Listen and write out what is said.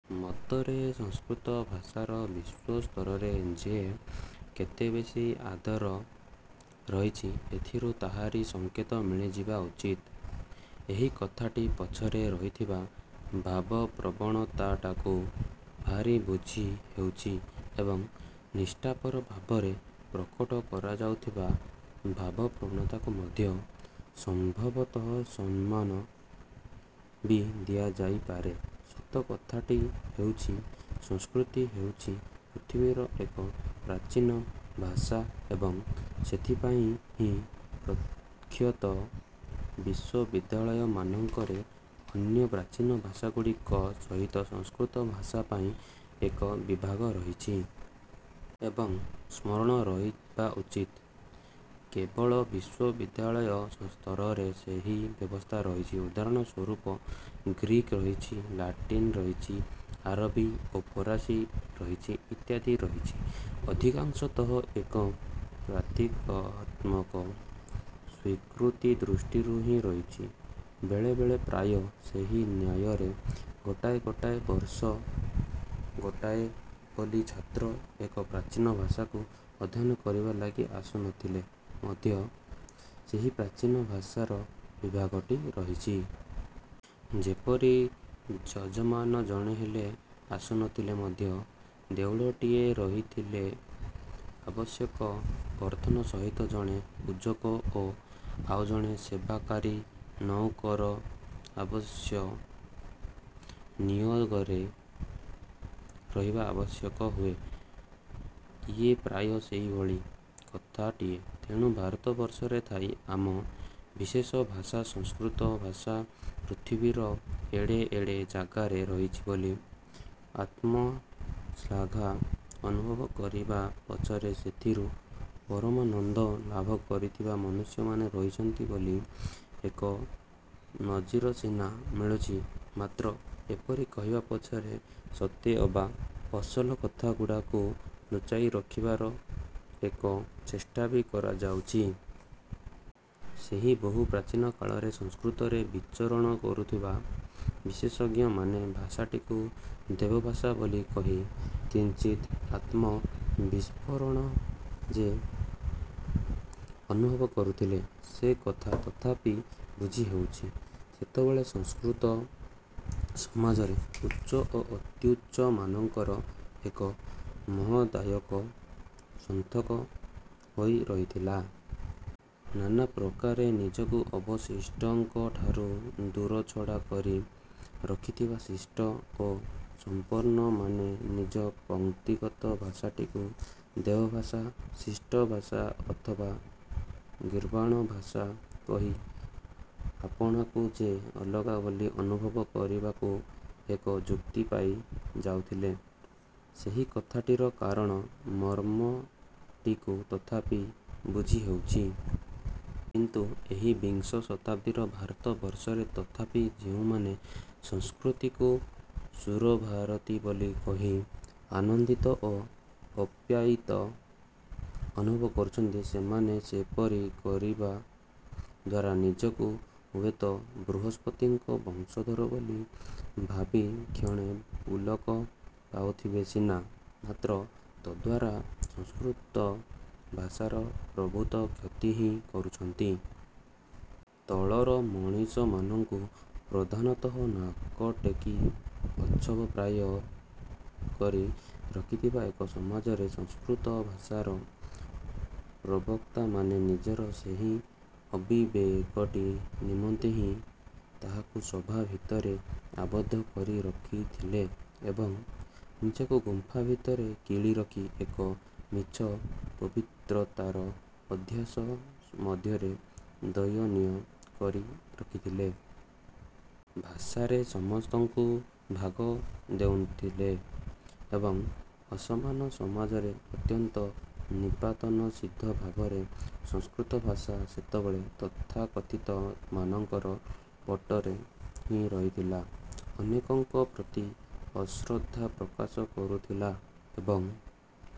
ମତରେ, ସଂସ୍କୃତ ଭାଷାର ବିଶ୍ୱସ୍ତରରେ ଯେ କେତେବେଶୀ ଆଦର ରହିଛି, ଏଥିରୁ ତାହାରି ସଙ୍କେତ ମିଳିଯିବା ଉଚିତ। ଏହି କଥାଟି ପଛରେ ରହିଥିବା ଭାବପ୍ରବଣତାଟାକୁ ଭାରି ବୁଝି ହେଉଛି ଏବଂ ନିଷ୍ଠାପର ଭାବରେ ପ୍ରକଟ କରାଯାଉଥିବା ଭାବପ୍ରବଣତାକୁ ମଧ୍ୟ ସମ୍ଭବତଃ ସମ୍ମାନ ବି ଦିଆଯାଇପାରେ। ସତ କଥାଟି ହେଉଛି, ସଂସ୍କୃତି ହେଉଛି ପୃଥିବୀର ଏକ ପ୍ରାଚୀନ ଭାଷା ଏବଂ, ସେଥିପାଇଁ ହିଁ ପ୍ରଖ୍ୟାତ ବିଶ୍ୱବିଦ୍ୟାଳୟ ମାନଙ୍କରେ ଅନ୍ୟ ପ୍ରାଚୀନ ଭାଷାଗୁଡ଼ିକ ସହିତ ସଂସ୍କୃତ ଭାଷା ପାଇଁ ଏକ ବିଭାଗ ରହିଛି। ଏବଂ, ସ୍ମରଣ ରହିବା ଉଚିତ, କେବଳ ବିଶ୍ଵବିଦ୍ୟାଳୟ ସ୍ତରରେ ସେହି ବ୍ୟବସ୍ଥା ରହିଛି। ଉଦାହରଣ ସ୍ଵରୂପ, ଗ୍ରୀକ୍ ରହିଛି, ଲାଟିନ୍ ରହିଛି, ଆରବୀ ଓ ଫରାସୀ ରହିଛି, ଇତ୍ୟାଦି, ଇତ୍ୟାଦି। ଅଧିକାଂଶତଃ ଏକ ପ୍ରତୀକାତ୍ମକ ସ୍ୱୀକୃତି ଦୃଷ୍ଟିରୁ ହିଁ ରହିଛି। ବେଳେ ବେଳେ, ପ୍ରାୟ ସେହି ନ୍ୟାୟରେ, ଗୋଟାଏ ଗୋଟାଏ ବର୍ଷ ଗୋଟିଏ ବୋଲି ଛାତ୍ର ଏକ ପ୍ରାଚୀନ ଭାଷାକୁ ଅଧ୍ୟୟନ କରିବା ଲାଗି ଆସୁନଥିଲେ ମଧ୍ୟ ସେହି ପ୍ରାଚୀନ ଭାଷାର ବିଭାଗଟି ରହିଛି। ଯେପରି, ଯଜମାନ ଜଣେ ହେଲେ ଆସୁନଥିଲେ ମଧ୍ୟ ଦେଉଳଟିଏ ରହିଥିଲେ ଆବଶ୍ୟକ ବର୍ତ୍ତନ ସହିତ ଜଣେ ପୂଜକ ଓ ଆଉ ଜଣେ ସେବାକାରୀ ନଉକର ଅବଶ୍ୟ ନିୟୋଗରେ ରହିବା ଆବଶ୍ୟକ ହୁଏ, ଇଏ ପ୍ରାୟ ସେହିଭଳି କଥାଟିଏ। ତେଣୁ, ଭାରତବର୍ଷରେ ଥାଇ ଆମ ବିଶେଷ ଭାଷା ସଂସ୍କୃତ ଭାଷା ପୃଥିବୀର ଏଡ଼େ ଏଡ଼େ ଜାଗାରେ ରହିଛି ବୋଲି ଆତ୍ମଶ୍ଳାଘା ଅନୁଭବ କରିବା ପଛରେ ସେଥିରୁ ପରମାନନ୍ଦ ଲାଭ କରିଥିବା ମନୁଷ୍ୟମାନେ ରହିଛନ୍ତି ବୋଲି ଏକ ନଜିର ସିନା ମିଳୁଛି, ମାତ୍ର ଏପରି କହିବା ପଛରେ ସତେ ଅବା ଅସଲ କଥାଗୁଡ଼ାକୁ ଲୁଚାଇ ରଖିବାର ଏକ ଚେଷ୍ଟା ବି କରାଯାଉଛି। ସେହି ବହୁ ପ୍ରାଚୀନ କାଳରେ ସଂସ୍କୃତରେ ବିଚରଣ କରୁଥିବା ବିଶେଷଜ୍ଞମାନେ ଭାଷାଟିକୁ ଦେବଭାଷା ବୋଲି କହି କିଞ୍ଚିତ୍ ଆତ୍ମବିସ୍ଫୋରଣ ଯେ ଅନୁଭବ କରୁଥିଲେ, ସେ କଥା ତଥାପି ବୁଝି ହେଉଛି। ସେତେବେଳେ ସଂସ୍କୃତ ସମାଜରେ ଉଚ୍ଚ ଓ ଅତ୍ୟୁଚ୍ଚମାନଙ୍କର ଏକ ମୋହଦାୟକ ସନ୍ତକ ହୋଇ ରହିଥିଲା। ନାନା ପ୍ରକାରେ ନିଜକୁ ଅବଶିଷ୍ଟଙ୍କଠାରୁ ଦୂରଛଡ଼ା କରି ରଖିଥିବା ଶିଷ୍ଟ ଓ ସମ୍ପନ୍ନମାନେ ନିଜ ପଂକ୍ତିଗତ ଭାଷାଟିକୁ ଦେବଭାଷା, ଶିଷ୍ଟ ଭାଷା ଅଥବା ଗୀର୍ବାଣ ଭାଷା କହି ଆପଣାକୁ ଯେ ଅଲଗା ବୋଲି ଅନୁଭବ କରିବାକୁ ଏକ ଯୁକ୍ତି ପାଇ ଯାଉଥିଲେ, ସେହି କଥାଟିର କାରଣ- ମର୍ମଟିକୁ ତଥାପି ବୁଝି ହେଉଛି। କିନ୍ତୁ, ଏହି ବିଂଶ ଶତାବ୍ଦୀର ଭାରତବର୍ଷରେ ତଥାପି ଯେଉଁମାନେ ସଂସ୍କୃତିକୁ ସୁରଭାରତୀ ବୋଲି କହି ଆନନ୍ଦିତ ଓ ଆପ୍ୟାୟିତ ଅନୁଭବ କରୁଛନ୍ତି, ସେମାନେ ସେପରି କରିବା ଦ୍ଵାରା ନିଜକୁ ହୁଏତ ବୃହସ୍ପତିଙ୍କର ବଂଶଧର ବୋଲି ଭାବି କ୍ଷଣେ ପୁଲକ ପାଉଥିବେ ସିନା, ମାତ୍ର ତଦ୍ଦ୍ୱାରା ସଂସ୍କୃତ ଭାଷାର ପ୍ରଭୂତ କ୍ଷତି ହିଁ କରୁଛନ୍ତି। ତଳର ମଣିଷମାନଙ୍କୁ ପ୍ରଧାନତଃ ନାକଟେକି ଅଚ୍ଛବ ପ୍ରାୟ କରି ରଖିଥିବା ଏକ ସମାଜରେ ସଂସ୍କୃତ ଭାଷାର ପ୍ରବକ୍ତାମାନେ ନିଜର ସେହି ଅବିବେକଟି ନିମନ୍ତେ ହିଁ ତାହାକୁ ସଭା ଭିତରେ ଆବଦ୍ଧ କରି ରଖିଥିଲେ ଏବଂ ନିଜକୁ ଗୁମ୍ଫା ଭିତରେ କିଳି ରଖି ଏକ ମିଛ ପବିତ୍ରତାର ଅଧ୍ୟାସ ମଧ୍ୟରେ ଦୟନୀୟ କରି ରଖିଥିଲେ। ଭାଷାରେ ସମସ୍ତଙ୍କୁ ଭାଗ ଦେଉନଥିଲେ। ଏକ ଅସମାନ ସମାଜରେ ଅତ୍ୟନ୍ତ ନିପାତନସିଦ୍ଧ ଭାବରେ ସଂସ୍କୃତ ଭାଷା ସେତେବେଳେ ତଥାକଥିତ ମାନଙ୍କର ପଟରେ ହିଁ ରହିଥିଲା,- ଅନେକଙ୍କ ପ୍ରତି ଅଶ୍ରଦ୍ଧା ପ୍ରକାଶ କରୁଥିଲା। ଏବଂ,